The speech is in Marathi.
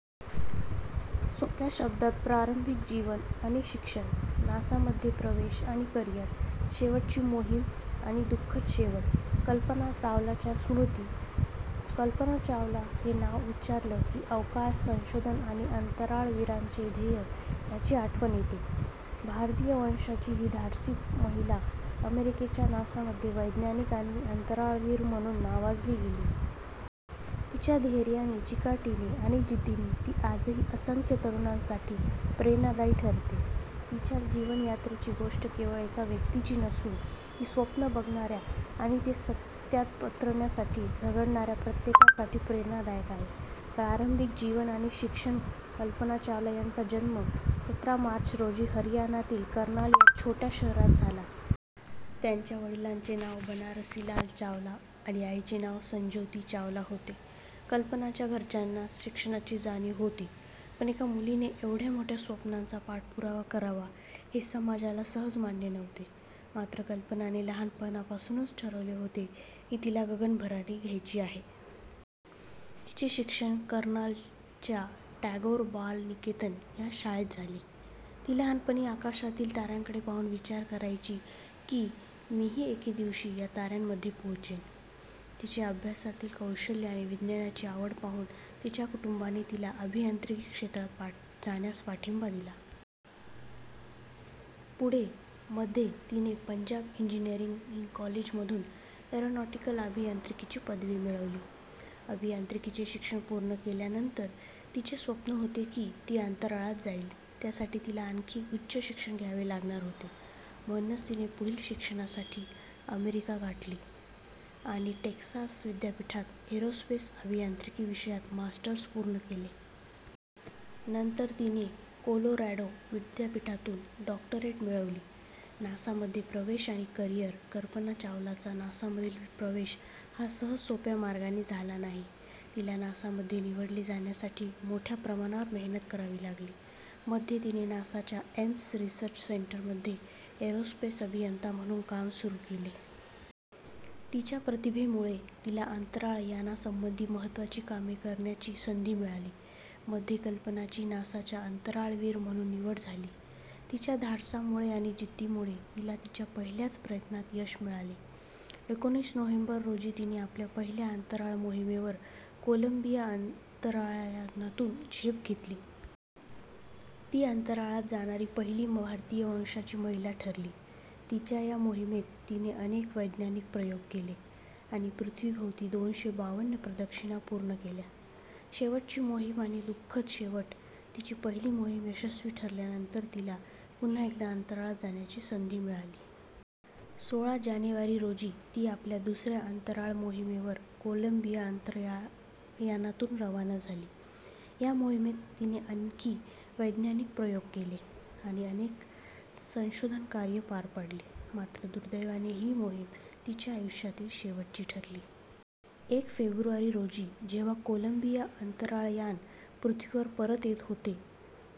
सोप्या शब्दात प्रारंभिक जीवन आणि शिक्षण, नासामध्ये प्रवेश आणि करिअर, शेवटची मोहिम आणि दुःखद शेवट, कल्पना चावलाच्या स्मृती, कल्पना चावला हे नाव उच्चारले की, अवकाश संशोधन आणि अंतराळवीरांचे ध्येय याची आठवण येते. भारतीय वंशाची ही धाडसी महिला अमेरिकेच्या नासामध्ये वैज्ञानिक आणि अंतराळवीर म्हणून नावाजली गेली. तिच्या धैर्याने, चिकाटीने आणि जिद्दीने ती आजही असंख्य तरुणांसाठी प्रेरणादायी ठरते. तिच्या जीवनयात्रेची गोष्ट केवळ एका व्यक्तीची कहाणी नसून ती स्वप्न बघणाऱ्या आणि ते सत्यात उतरवण्यासाठी झगडणाऱ्या प्रत्येकासाठी प्रेरणादायक आहे. प्रारंभिक जीवन आणि शिक्षण, कल्पना चावला यांचा जन्म सतरा मार्च रोजी हरियाणातील कर्नाल या छोट्या शहरात झाला. त्यांच्या वडिलांचे नाव बनारसीलाल चावला आणि आईचे नाव संज्योती चावला होते. कल्पनाच्या घरच्यांना शिक्षणाची जाणीव होती, पण एका मुलीने एवढ्या मोठ्या स्वप्नांचा पाठपुरावा करावा, हे समाजाला सहज मान्य नव्हते. मात्र, कल्पनाने लहानपणापासूनच ठरवले होते की, तिला गगनभरारी घ्यायची आहे. तिचे शिक्षण कर्नालच्या टॅगोर बाल निकेतन या शाळेत झाले. ती लहानपणी आकाशातील ताऱ्यांकडे पाहून विचार करायची की, मीही एके दिवशी या ताऱ्यांमध्ये पोहोचेन. तिचे अभ्यासातील कौशल्य आणि विज्ञानाची आवड पाहून तिच्या कुटुंबाने तिला अभियांत्रिकी क्षेत्रात जाण्यास पाठिंबा दिला. पुढे, मध्ये तिने पंजाब इंजिनिअरिंग कॉलेजमधून एरोनॉटिकल अभियांत्रिकीची पदवी मिळवली. अभियांत्रिकीचे शिक्षण पूर्ण केल्यानंतर तिचे स्वप्न होते की, ती अंतराळात जाईल. त्यासाठी तिला आणखी उच्च शिक्षण घ्यावे लागणार होते. म्हणूनच तिने पुढील शिक्षणासाठी अमेरिका गाठली आणि टेक्सास विद्यापीठात एरोस्पेस अभियांत्रिकी विषयात मास्टर्स पूर्ण केले. नंतर तिने कोलोरॅडो विद्यापीठातून डॉक्टरेट मिळवली. नासामध्ये प्रवेश आणि करिअर, कल्पना चावलाचा नासामधील प्रवेश हा सहजसोप्या मार्गाने झाला नाही. तिला नासामध्ये निवडले जाण्यासाठी मोठ्या प्रमाणावर मेहनत करावी लागली. मध्ये तिने नासाच्या एम्स रिसर्च सेंटरमध्ये एरोस्पेस अभियंता म्हणून काम सुरू केले. तिच्या प्रतिभेमुळे तिला अंतराळ यानांसंबंधी महत्त्वाची कामे करण्याची संधी मिळाली. मध्ये, कल्पनाची नासाच्या अंतराळवीर म्हणून निवड झाली. तिच्या धाडसामुळे आणि जिद्दीमुळे तिला तिच्या पहिल्याच प्रयत्नात यश मिळाले. एकोणीस नोव्हेंबर रोजी तिने आपल्या पहिल्या अंतराळ मोहिमेवर कोलंबिया अंतराळयानातून झेप घेतली. ती अंतराळात जाणारी पहिली भारतीय वंशाची महिला ठरली. तिच्या या मोहिमेत तिने अनेक वैज्ञानिक प्रयोग केले आणि पृथ्वीभोवती दोनशे बावन्न प्रदक्षिणा पूर्ण केल्या. शेवटची मोहिम आणि दुःखद शेवट, तिची पहिली मोहीम यशस्वी ठरल्यानंतर तिला पुन्हा एकदा अंतराळात जाण्याची संधी मिळाली. सोळा जानेवारी रोजी ती आपल्या दुसऱ्या अंतराळ मोहिमेवर कोलंबिया अंतराळयानातून रवाना झाली. या मोहिमेत तिने आणखी वैज्ञानिक प्रयोग केले आणि अनेक संशोधन कार्ये पार पाडली. मात्र, दुर्दैवाने ही मोहीम तिच्या आयुष्यातील शेवटची ठरली. एक फेब्रुवारी रोजी जेव्हा कोलंबिया अंतराळयान पृथ्वीवर परत येत होते,